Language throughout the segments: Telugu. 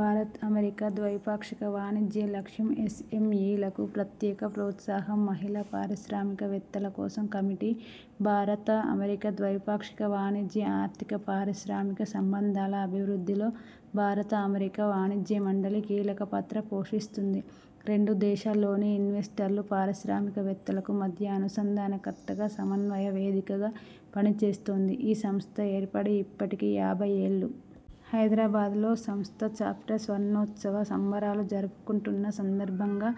భారత్-అమెరికా ద్వైపాక్షిక వాణిజ్య లక్ష్యం.. ఎస్ఎంఇలకు ప్రత్యేక ప్రోత్సాహంమహిళా పారిశ్రామికవేత్తల కోసం కమిటీ భారత-అమెరికా ద్వైపాక్షిక వాణిజ్య, ఆర్థిక, పారిశ్రామిక సంబంధాల అభివృద్ధిలో భారత-అమెరికా వాణిజ్య మండలి కీలక పాత్ర పోషిస్తోంది. రెండు దేశాల్లోని ఇన్వెస్టర్లు, పారిశ్రామికవేత్తలకు మధ్య అనుసంధానకర్తగా, సమన్వయ వేదికగా పనిచేస్తోంది. ఈ సంస్థ ఏర్పడి ఇప్పటికి యాభై ఏళ్లు. హైదరాబాద్లో సంస్థ చాప్టర్ స్వర్ణోత్సవ సంబరాలు జరుపుకుంటున్న సందర్భంగా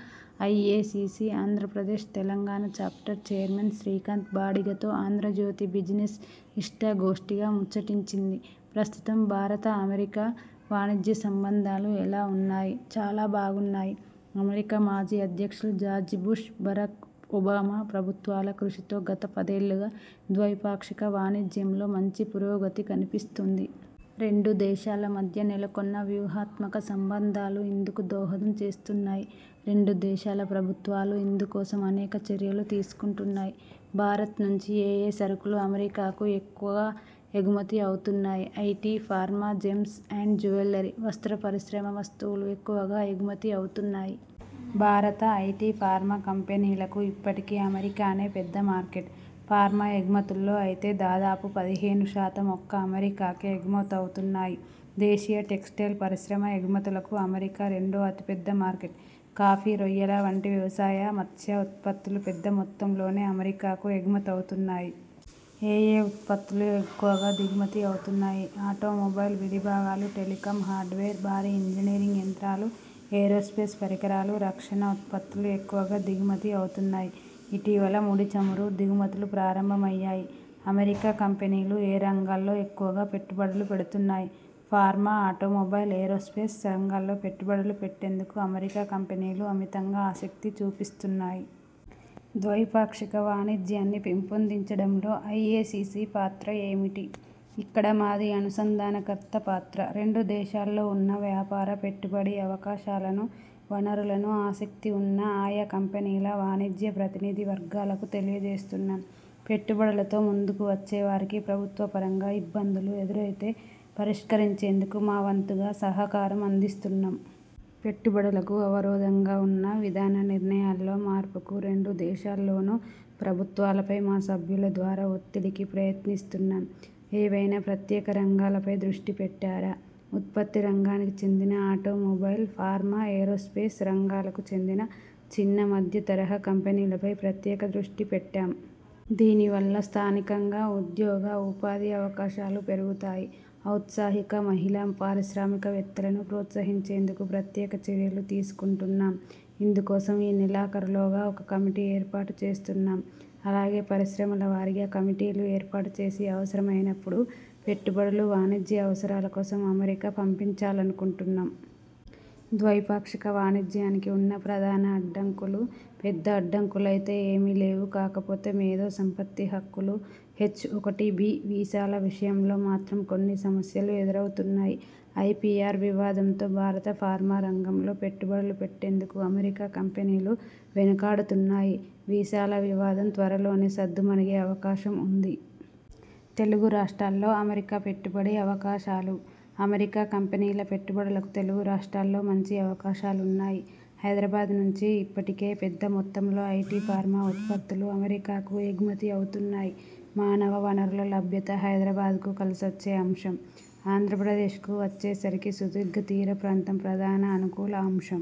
IACC Andhra Pradesh, Telangana chapter chairman Srikanth బాడిగతో 'ఆంధ్రజ్యోతి బిజినెస్' ఇష్టాగోష్టిగా ముచ్చటించింది. ప్రస్తుతం భారత-అమెరికా వాణిజ్య సంబంధాలు ఎలా ఉన్నాయి? చాలా బాగున్నాయి. అమెరికా మాజీ అధ్యక్షులు జార్జి బుష్, బరాక్ ఒబామా ప్రభుత్వాల కృషితో గత పదేళ్లుగా ద్వైపాక్షిక వాణిజ్యంలో మంచి పురోగతి కనిపిస్తోంది. రెండు దేశాల మద్య నెలకొన్న వ్యూహాత్మక సంబంధాలూ ఇందుకు దోహదం చేస్తున్నాయి. రెండు దేశాల ప్రభుత్వాలు ఇందుకోసం అనేక చర్యలు తీసుకుంటున్నాయి. భారత్ నుంచి ఏయే సరుకులు అమెరికాకు ఎక్కువగా ఎగుమతి అవుతున్నాయి? IT, pharma, gems and jewellery, వస్త్ర పరిశ్రమ వస్తువులు ఎక్కువగా ఎగుమతి అవుతున్నాయి. భారత ఐటి, ఫార్మా కంపెనీలకు ఇప్పటికీ అమెరికానే పెద్ద మార్కెట్. ఫార్మా ఎగుమతుల్లో అయితే దాదాపు పదిహేను శాతం ఒక్క అమెరికాకే ఎగుమతవుతున్నాయి. దేశీయ టెక్స్టైల్ పరిశ్రమ ఎగుమతులకూ అమెరికా రెండో అతి పెద్ద మార్కెట్. కాఫీ, రొయ్యల వంటి వ్యవసాయ, మత్స్య ఉత్పత్తులూ పెద్ద మొత్తంలోనే అమెరికాకు ఎగుమతవుతున్నాయి. ఏయే ఉత్పత్తులు ఎక్కువగా దిగుమతి అవుతున్నాయి? ఆటోమొబైల్ విడి భాగాలు, టెలికాం హార్డ్వేర్, భారీ ఇంజినీరింగ్ యంత్రాలు, ఏరోస్పేస్ పరికరాలు, రక్షణ ఉత్పత్తులు ఎక్కువగా దిగుమతి అవుతున్నాయి. ఇటీవల ముడి చమురు దిగుమతులూ ప్రారంభమయ్యాయి. అమెరికా కంపెనీలు ఏ రంగాల్లో ఎక్కువగా పెట్టుబడులు పెడుతున్నాయి? ఫార్మా, ఆటోమొబైల్, ఏరోస్పేస్ రంగాల్లో పెట్టుబడులు పెట్టేందుకు అమెరికా కంపెనీలు అమితంగా ఆసక్తి చూపిస్తున్నాయి. ద్వైపాక్షిక వాణిజ్యాన్ని పెంపొందించడంలో ఐఎసిసి పాత్ర ఏమిటి? ఇక్కడ మాది అనుసంధానకర్త పాత్ర. రెండు దేశాల్లో ఉన్న వ్యాపార, పెట్టుబడి అవకాశాలను, వనరులను ఆసక్తి ఉన్న ఆయా కంపెనీల, వాణిజ్య ప్రతినిధి వర్గాలకు తెలియజేస్తున్నాం. పెట్టుబడులతో ముందుకు వచ్చేవారికి ప్రభుత్వ పరంగా ఇబ్బందులు ఎదురైతే పరిష్కరించేందుకు మా వంతుగా సహకారం అందిస్తున్నాం. పెట్టుబడులకు అవరోధంగా ఉన్న విధాన నిర్ణయాల్లో మార్పుకు రెండు దేశాల్లోనూ ప్రభుత్వాలపై మా సభ్యుల ద్వారా ఒత్తిడికి ప్రయత్నిస్తున్నాం. ఏవైనా ప్రత్యేక రంగాలపై దృష్టి పెట్టారా? ఉత్పత్తి రంగానికి చెందిన ఆటోమొబైల్, ఫార్మా, ఏరోస్పేస్ రంగాలకు చెందిన చిన్న, మధ్య తరహా కంపెనీల పై ప్రత్యేక దృష్టి పెట్టాం. దీనివల్ల స్థానికంగా ఉద్యోగ, ఉపాధి అవకాశాలూ పెరుగుతాయి. ఔత్సాహిక మహిళా పారిశ్రామికవేత్తలను ప్రోత్సహించేందుకూ ప్రత్యేక చర్యలు తీసుకుంటున్నాం. ఇందుకోసం ఈ నెలాఖరులోగా ఒక కమిటీ ఏర్పాటు చేస్తున్నాం. అలాగే పరిశ్రమల వారీగా కమిటీలు ఏర్పాటు చేసి, అవసరమైనపుడు పెట్టుబడులు, వాణిజ్య అవసరాల కోసం అమెరికా పంపించాలనుకుంటున్నాం. ద్వైపాక్షిక వాణిజ్యానికి ఉన్న ప్రధాన అడ్డంకులు? పెద్ద అడ్డంకులైతే ఏమీ లేవు. కాకపోతే మేధో సంపత్తి హక్కులు, హెచ్-ఒకటిబి వీసాల విషయంలో మాత్రం కొన్ని సమస్యలు ఎదురవుతున్నాయి. ఐపిఆర్ వివాదంతో భారత ఫార్మా రంగంలో పెట్టుబడులు పెట్టేందుకు అమెరికా కంపెనీలు వెనకాడుతున్నాయి. వీసాల వివాదం త్వరలోనే సద్దుమణిగే అవకాశం ఉంది. తెలుగు రాష్ట్రాల్లో అమెరికా పెట్టుబడి అవకాశాలు? అమెరికా కంపెనీల పెట్టుబడులకు తెలుగు రాష్ట్రాల్లో మంచి అవకాశాలున్నాయి. హైదరాబాద్ నుంచి ఇప్పటికే పెద్ద మొత్తంలో ఐటి, ఫార్మా ఉత్పత్తులు అమెరికాకు ఎగుమతి అవుతున్నాయి. మానవ వనరుల లభ్యత హైదరాబాద్కు కలిసొచ్చే అంశం. ఆంధ్ర ప్రదేశ్కు వచ్చేసరికి సుదీర్ఘ తీర ప్రాంతం ప్రధాన అనుకూల అంశం.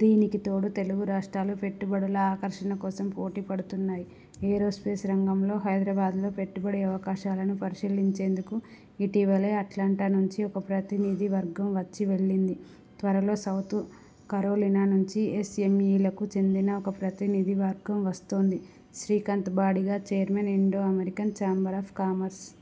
దీనికి తోడు తెలుగు రాష్ట్రాలు పెట్టుబడుల ఆకర్షణ కోసం పోటీపడుతున్నాయి. ఏరోస్పేస్ రంగంలో హైదరాబాద్లో పెట్టుబడి అవకాశాలను పరిశీలించేందుకు ఇటీవలే అట్లాంటా నుంచి ఒక ప్రతినిధి వర్గం వచ్చి వెళ్లింది. త్వరలో సౌత్ కరోలినా నుంచి ఎస్ఎంఇలకు చెందిన ఒక ప్రతినిధి వర్గం వస్తోంది. -Srikanth Badiga, chairman, Indo American chamber of commerce